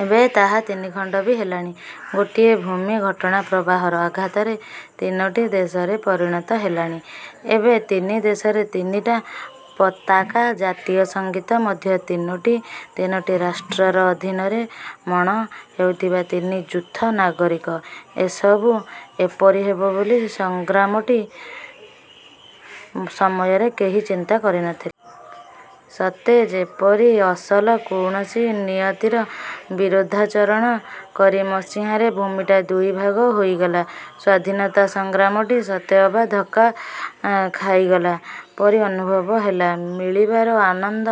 ଏବେ ତାହା ତିନିଖଣ୍ଡ ବି ହେଲାଣି। ଗୋଟିଏ ଭୂମି ଘଟଣାପ୍ରବାହର ଆଘାତରେ ତିନୋଟି ଦେଶରେ ପରିଣତ ହେଲାଣି। ଏବେ ତିନି ଦେଶରେ ତିନିଟା ପତାକା, ଜାତୀୟ ସଂଗୀତ ମଧ୍ୟ ତିନୋଟି। ତିନୋଟି ରାଷ୍ଟ୍ରର ଅଧିନରେ ମଣ ହେଉଥିବା ତିନି ଯୂଥ ନାଗରିକ। ଏସବୁ ଏପରି ହେବ ବୋଲି ସଂଗ୍ରାମଟି ସମୟରେ କେହି ଚିନ୍ତା କରିନଥିଲେ। ସତେଯେପରି ଅସଲ କୌଣସି ନିୟତିର ବିରୋଧାଚରଣ କରି ମସିହାରେ ଭୂମିଟା ଦୁଇଭାଗ ହୋଇଗଲା। ସ୍ୱାଧୀନତା ସଂଗ୍ରାମଟି ସତେ ଅବା ଧକ୍କା ଖାଇଗଲା ପରି ଅନୁଭବ ହେଲା, ମିଳିବାର ଆନନ୍ଦ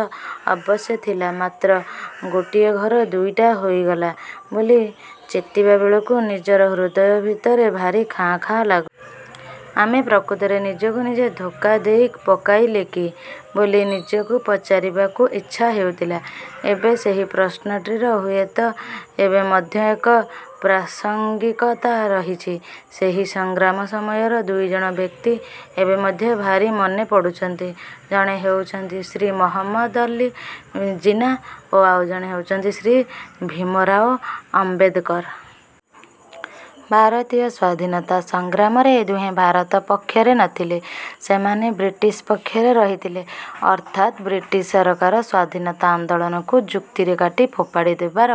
ଅବଶ୍ୟ ଥିଲା। ମାତ୍ର ଗୋଟିଏ ଘର ଦୁଇଟା ହୋଇଗଲା ବୋଲି ଚେତିବା ବେଳକୁ ନିଜର ହୃଦୟ ଭିତରେ ଭାରି ଖାଁ ଖାଁ ଲାଗୁ। ଆମେ ପ୍ରକୃତରେ ନିଜକୁ ନିଜେ ଧୋକା ଦେଇ ପକାଇଲେ କି? ବୋଲି ନିଜକୁ ପଚାରିବାକୁ ଇଚ୍ଛା ହେଉଥିଲା। ଏବଂ ସେହି ପ୍ରଶ୍ନଟିର ହୁଏତ ଏବେ ମଧ୍ୟ ଏକ ପ୍ରାସଙ୍ଗିକତା ରହିଛି। ସେହି ସଂଗ୍ରାମ ସମୟର ଦୁଇଜଣ ବ୍ୟକ୍ତି ଏବେ ମଧ୍ୟ ଭାରି ମନେ ପଡୁଛନ୍ତି। ଜଣେ ହେଉଛନ୍ତି ଶ୍ରୀ ମହମ୍ମଦ ଅଲ୍ଲୀ ଜିନ୍ନା ଓ ଆଉ ଜଣେ ହେଉଛନ୍ତି ଶ୍ରୀ ଭୀମରାଓ ଆମ୍ବେଦକର। ଭାରତୀୟ ସ୍ଵାଧୀନତା ସଂଗ୍ରାମରେ ଏ ଦୁହେଁ ଭାରତ ପକ୍ଷରେ ନଥିଲେ, ସେମାନେ ବ୍ରିଟିଶ ପକ୍ଷରେ ରହିଥିଲେ। ଅର୍ଥାତ୍ ବ୍ରିଟିଶ୍ ସରକାର ସ୍ୱାଧୀନତା ଆନ୍ଦୋଳନକୁ ଯୁକ୍ତିରେ କାଟି ଫୋପାଡ଼ି ଦେବାର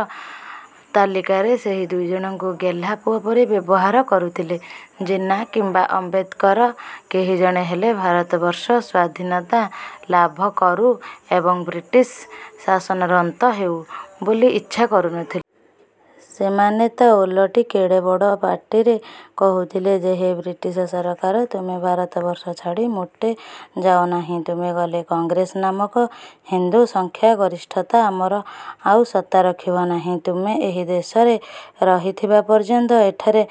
ତାଲିକାରେ ସେହି ଦୁଇଜଣଙ୍କୁ ଗେହ୍ଲାପୁଅ ପରି ବ୍ୟବହାର କରୁଥିଲେ। ଜିନ୍ନା କିମ୍ବା ଆମ୍ବେଦକର କେହି ଜଣେ ହେଲେ ଭାରତବର୍ଷ ସ୍ଵାଧୀନତା ଲାଭ କରୁ ଏବଂ ବ୍ରିଟିଶ ଶାସନର ଅନ୍ତ ହେଉ ବୋଲି ଇଚ୍ଛା କରୁନଥିଲେ। ସେମାନେ ତ ଓଲଟି କେଡ଼େ ବଡ଼ ପାଟିରେ କହୁଥିଲେ ଯେ ହେ ବ୍ରିଟିଶ ସରକାର, ତୁମେ ଭାରତବର୍ଷ ଛାଡ଼ି ମୋଟେ ଯାଅନାହିଁ। ତୁମେ ଗଲେ କଂଗ୍ରେସ ନାମକ ହିନ୍ଦୁ ସଂଖ୍ୟାଗରିଷ୍ଠତା ଆମର ଆଉ ସତ୍ତା ରଖିବ ନାହିଁ। ତୁମେ ଏହି ଦେଶରେ ରହିଥିବା ପର୍ଯ୍ୟନ୍ତ ଏଠାରେ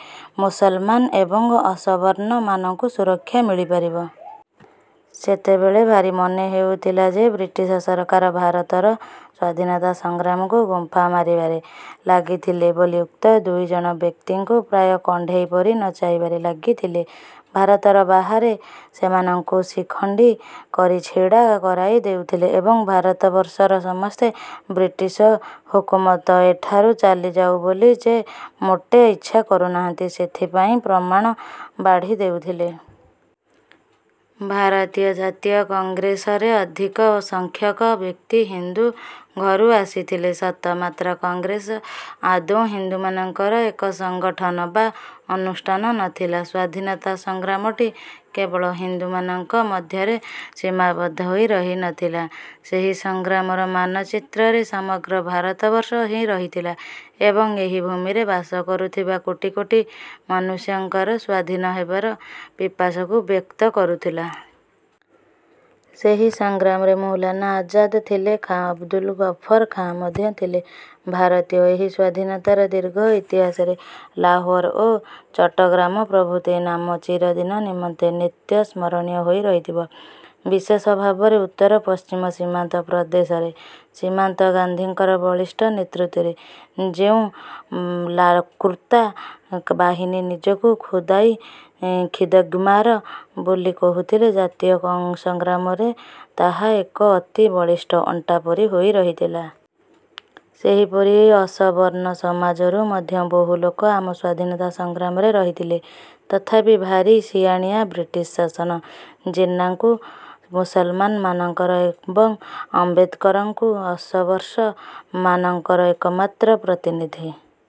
ମୁସଲମାନ ଏବଂ ଅସବର୍ଣ୍ଣ ମାନଙ୍କୁ ସୁରକ୍ଷା ମିଳିପାରିବ। ସେତେବେଳେ ଭାରି ମନେ ହେଉଥିଲା ଯେ, ବ୍ରିଟିଶ ସରକାର ଭାରତର ସ୍ୱାଧୀନତା ସଂଗ୍ରାମକୁ ଗୁମ୍ପା ମାରିବାରେ ଲାଗିଥିବେ ବୋଲି ଉକ୍ତ ଦୁଇଜଣ ବ୍ୟକ୍ତିଙ୍କୁ ପ୍ରାୟ କଣ୍ଢେଇପରି ନଚାଇବାରେ ଲାଗିଥିଲେ। ଭାରତର ବାହାରେ ସେମାନଙ୍କୁ ଶିଖଣ୍ଡୀ କରି ଛିଡ଼ା କରାଇ ଦେଉଥିଲେ ଏବଂ ଭାରତବର୍ଷର ସମସ୍ତେ ବ୍ରିଟିଶ ହୁକୁମତ ଏଠାରୁ ଚାଲିଯାଉ ବୋଲି ଯେ ମୋଟେ ଇଚ୍ଛା କରୁନାହାନ୍ତି, ସେଥିପାଇଁ ପ୍ରମାଣ ବାଢ଼ି ଦେଉଥଲେ। ଭାରତୀୟ ଜାତୀୟ କଂଗ୍ରେସରେ ଅଧିକ ସଂଖ୍ୟକ ବ୍ୟକ୍ତି ହିନ୍ଦୁ ଘରୁ ଆସିଥିଲେ ସତ, ମାତ୍ର କଂଗ୍ରେସ ଆଦୌ ହିନ୍ଦୁମାନଙ୍କର ଏକ ସଂଗଠନ ବା ଅନୁଷ୍ଠାନ ନଥିଲା। ସ୍ଵାଧୀନତା ସଂଗ୍ରାମଟି କେବଳ ହିନ୍ଦୁମାନଙ୍କ ମଧ୍ୟରେ ସୀମାବଦ୍ଧ ହୋଇ ରହିନଥିଲା ସେହି ସଂଗ୍ରାମର ମାନଚିତ୍ରରେ ସମଗ୍ର ଭାରତବର୍ଷ ହିଁ ରହିଥିଲା ଏବଂ ଏହି ଭୂମିରେ ବାସ କରୁଥିବା କୋଟି କୋଟି ମନୁଷ୍ୟଙ୍କର ସ୍ୱାଧୀନ ହେବାର ପିପାସାକୁ ବ୍ୟକ୍ତ କରୁଥିଲା। ସେହି ସଂଗ୍ରାମରେ ମୌଲାନା ଆଜାଦ୍ ଥିଲେ, ଖାଁ ଅବଦୁଲ ଗଫର ଖାଁ ମଧ୍ୟ ଥିଲେ। ଭାରତୀୟ ଏହି ସ୍ୱାଧୀନତାର ଦୀର୍ଘ ଇତିହାସରେ ଲାହୋର ଓ ଚଟ୍ଟଗ୍ରାମ ପ୍ରଭୃତି ନାମ ଚିରଦିନ ନିମନ୍ତେ ନିତ୍ୟ ସ୍ମରଣୀୟ ହୋଇ ରହିଥିବ। ବିଶେଷ ଭାବରେ ଉତ୍ତର ପଶ୍ଚିମ ସୀମାନ୍ତ ପ୍ରଦେଶରେ ସୀମାନ୍ତ ଗାନ୍ଧୀଙ୍କର ବଳିଷ୍ଠ ନେତୃତ୍ୱରେ ଯେଉଁ ଲାଲ୍କୁର୍ତ୍ତା ବାହିନୀ ନିଜକୁ ଖୁଦାଇ ଖିଦମ୍ଗାର ବୋଲି କହୁଥିଲା, ଜାତୀୟ ସଂଗ୍ରାମରେ ତାହା ଏକ ଅତି ବଳିଷ୍ଠ ଅଣ୍ଟା ପରି ହୋଇ ରହିଥିଲା। ସେହିପରି ଅସବର୍ଣ୍ଣ ସମାଜରୁ ମଧ୍ୟ ବହୁ ଲୋକ ଆମ ସ୍ୱାଧୀନତା ସଂଗ୍ରାମରେ ରହିଥିଲେ ତଥାପି ଭାରି ସିଆଣିଆ ବ୍ରିଟିଶ୍ ଶାସନ ଜିନ୍ନାଙ୍କୁ ମୁସଲମାନ ମାନଙ୍କର ଏବଂ ଆମ୍ବେଦକରଙ୍କୁ ଅସବର୍ଷ ମାନଙ୍କର ଏକମାତ୍ର ପ୍ରତିନିଧି